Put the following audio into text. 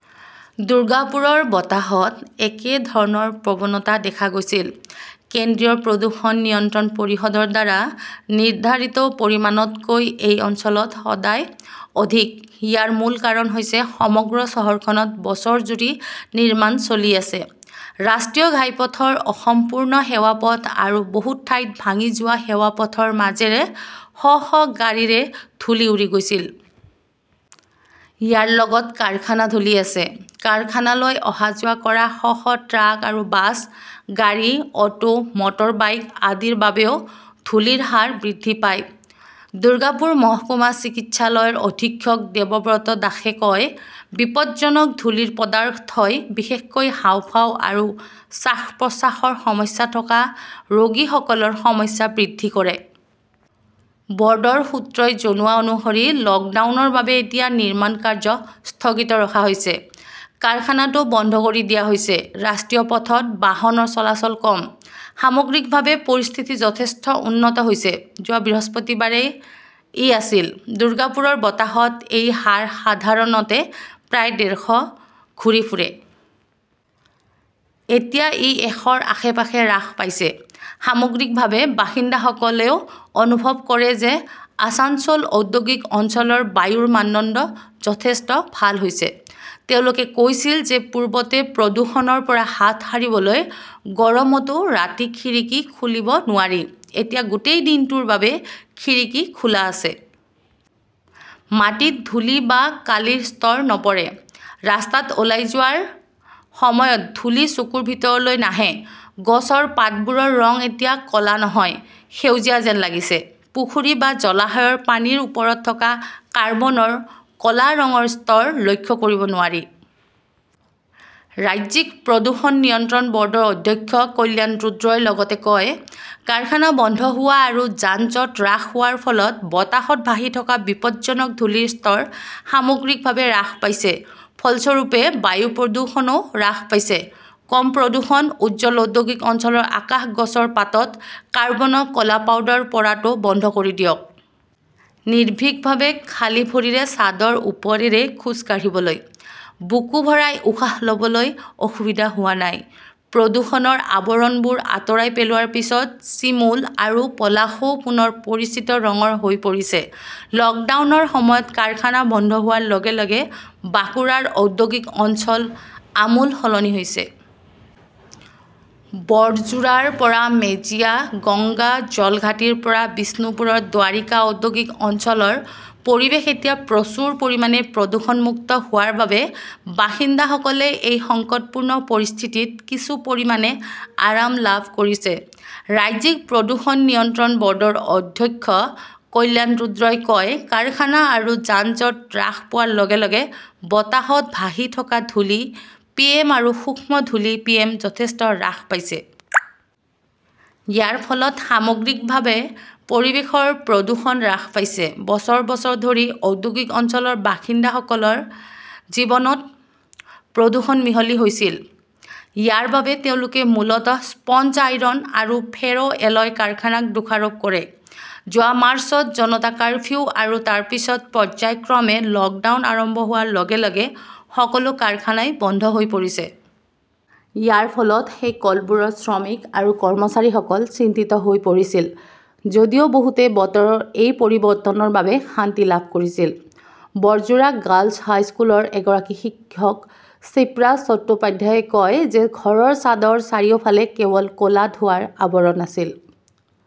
দুৰ্গাপুৰৰ বতাহত একে ধৰণৰ প্ৰৱণতা দেখা গৈছিল। কেন্দ্ৰীয় প্ৰদূষণ নিয়ন্ত্ৰণ পৰিষদৰ দ্বাৰা নিৰ্ধাৰিত পৰিমাণতকৈ এই অঞ্চলত সদায় অধিক, ইয়াৰ মূল কাৰণ হৈছে সমগ্ৰ চহৰখনত বছৰজুৰি নিৰ্মাণ চলি আছে। ৰাষ্ট্ৰীয় ঘাইপথৰ 'অসম্পূৰ্ণ' সেৱা পথ আৰু বহু ঠাইত ভাঙি যোৱা সেৱা পথৰ মাজেৰে শ শ গাড়ীৰে ধূলি উৰি গৈছিল। ইয়াৰ লগত কাৰখানাৰ ধূলি আছে। কাৰখানালৈ অহা-যোৱা কৰা শ শ ট্ৰাক আৰু বাছ, গাড়ী, অটো, মটৰবাইক আদিৰ বাবেও ধূলিৰ হাৰ বৃদ্ধি পায়। দুৰ্গাপুৰ মহকুমা চিকিৎসালয়ৰ অধীক্ষক দেবব্ৰত দাসে কয়, বিপদজনক ধূলিৰ পদাৰ্থই বিশেষকৈ হাঁওফাঁও আৰু শ্বাস-প্ৰশ্বাসৰ সমস্যা থকা ৰোগীসকলৰ সমস্যা বৃদ্ধি কৰে। বৰ্ডৰ সূত্ৰই জনোৱা অনুসৰি লকডাউনৰ বাবে এতিয়া নিৰ্মাণ কাৰ্য স্থগিত ৰখা হৈছে। কাৰখানাটো বন্ধ কৰি দিয়া হৈছে। ৰাষ্ট্ৰীয় পথত বাহনৰ চলাচল কম। সামগ্ৰিকভাৱে, পৰিস্থিতি যথেষ্ট উন্নত হৈছে। যোৱা বৃহস্পতিবাৰে ই আছিল। দুৰ্গাপুৰৰ বতাহত এই হাৰ সাধাৰণতে প্ৰায় ডেৰ শ ঘূৰি ফুৰে। এতিয়া ই এশৰ আশে-পাশে হ্ৰাস পাইছে। সামগ্ৰিকভাৱে, বাসিন্দাসকলেও অনুভৱ কৰে যে আছানছোল ঔদ্যোগিক অঞ্চলৰ বায়ুৰ মানদণ্ড যথেষ্ট ভাল হৈছে। তেওঁলোকে কৈছিল যে পূৰ্বতে প্ৰদূষণৰ পৰা হাত সাৰিবলৈ গৰমতও ৰাতি খিৰিকী খুলিব নোৱাৰি। এতিয়া গোটেই দিনটোৰ বাবে খিৰিকী খোলা আছে। মাটিত ধূলি বা কালিৰ স্তৰ নপৰে। ৰাস্তাত ওলাই যোৱাৰ সময়ত ধূলি চকুৰ ভিতৰলৈ নাহে। গছৰ পাতবোৰৰ ৰং এতিয়া ক 'লা নহয়, সেউজীয়া যেন লাগিছে। পুখুৰী বা জলাশয়ৰ পানীৰ ওপৰত থকা কাৰ্বনৰ ক 'লা ৰঙৰ স্তৰ লক্ষ্য কৰিব নোৱাৰি। ৰাজ্যিক প্ৰদূষণ নিয়ন্ত্ৰণ বৰ্ডৰ অধ্যক্ষ কল্যাণ ৰুদ্ৰই লগতে কয়, কাৰখানা বন্ধ হোৱা আৰু যান-জঁট হ্ৰাস হোৱাৰ ফলত বতাহত ভাহি থকা বিপদজনক ধূলিৰ স্তৰ সামগ্ৰিকভাৱে হ্ৰাস পাইছে। ফলস্বৰূপে, বায়ু প্ৰদূষণও হ্ৰাস পাইছে। কম প্ৰদূষণ, উজ্জ্বল ঔদ্যোগিক অঞ্চলৰ আকাশ গছৰ পাতত কৰ্বনৰ ক 'লা পাউডাৰ পৰাটো বন্ধ কৰি দিয়ক। নিৰ্ভীকভাৱে খালী ভৰিৰে ছাদৰ ওপৰেৰে খোজ কাঢ়িবলৈ। বুকু ভৰাই উশাহ লবলৈ অসুবিধা হোৱা নাই। প্ৰদূষণৰ আৱৰণবোৰ আঁতৰাই পেলোৱাৰ পিছত চিমুল আৰু পলাশও পুনৰ পৰিচিত ৰঙৰ হৈ পৰিছে। লকডাউনৰ সময়ত কাৰখানা বন্ধ হোৱাৰ লগে লগে বাঁকুৰাৰ ঔদ্যোগিক অঞ্চল আমূল সলনি হৈছে। বৰজোৰাৰ পৰা মেজিয়া, গংগা জলঘাটিৰ পৰা বিষ্ণুপুৰৰ দ্বাৰিকা ঔদ্যোগিক অঞ্চলৰ পৰিৱেশ এতিয়া প্ৰচুৰ পৰিমাণে প্ৰদূষণমুক্ত হোৱাৰ বাবে বাসিন্দাসকলে এই সংকটপূৰ্ণ পৰিস্থিতিত কিছু পৰিমাণে আৰাম লাভ কৰিছে। ৰাজ্যিক প্ৰদূষণ নিয়ন্ত্ৰণ বৰ্ডৰ অধ্যক্ষ কল্যাণ ৰুদ্ৰই কয়, কাৰখানা আৰু যান-জঁট হ্ৰাস পোৱাৰ লগে লগে বতাহত ভাহি থকা ধূলি পিএম আৰু সূক্ষ্ম ধূলি পিএম যথেষ্ট হ্ৰাস পাইছে। ইয়াৰ ফলত সামগ্ৰিকভাৱে পৰিৱেশৰ প্ৰদূষণ হ্ৰাস পাইছে। বছৰ-বছৰ ধৰি ঔদ্যোগিক অঞ্চলৰ বাসিন্দাসকলৰ জীৱনত প্ৰদূষণ মিহলি হৈছিল। ইয়াৰ বাবে তেওঁলোকে মূলতঃ স্পঞ্জ আইৰণ আৰু ফেৰো এলয় কাৰখানাক দোষাৰোপ কৰে। যোৱা মাৰ্চত জনতা কাৰফিউ আৰু তাৰ পিছত পৰ্য্যায়ক্ৰমে 'লকডাউন আৰম্ভ হোৱাৰ লগে-লগে সকলো কাৰখানাই বন্ধ হৈ পৰিছে। ইয়াৰ ফলত সেই কলবোৰৰ শ্ৰমিক আৰু কৰ্মচাৰীসকল চিন্তিত হৈ পৰিছিল যদিও বহুতে বতৰৰ এই পৰিৱৰ্তনৰ বাবে শান্তি লাভ কৰিছিল। বৰজোৰা গাৰ্লছ হাইস্কুলৰ এগৰাকী শিক্ষক শিপ্ৰা চট্টোপাধ্যায়ই কয় যে ঘৰৰ ছাদৰ চাৰিওফালে কেৱল ক 'লা ধোঁৱাৰ আৱৰণ আছিল।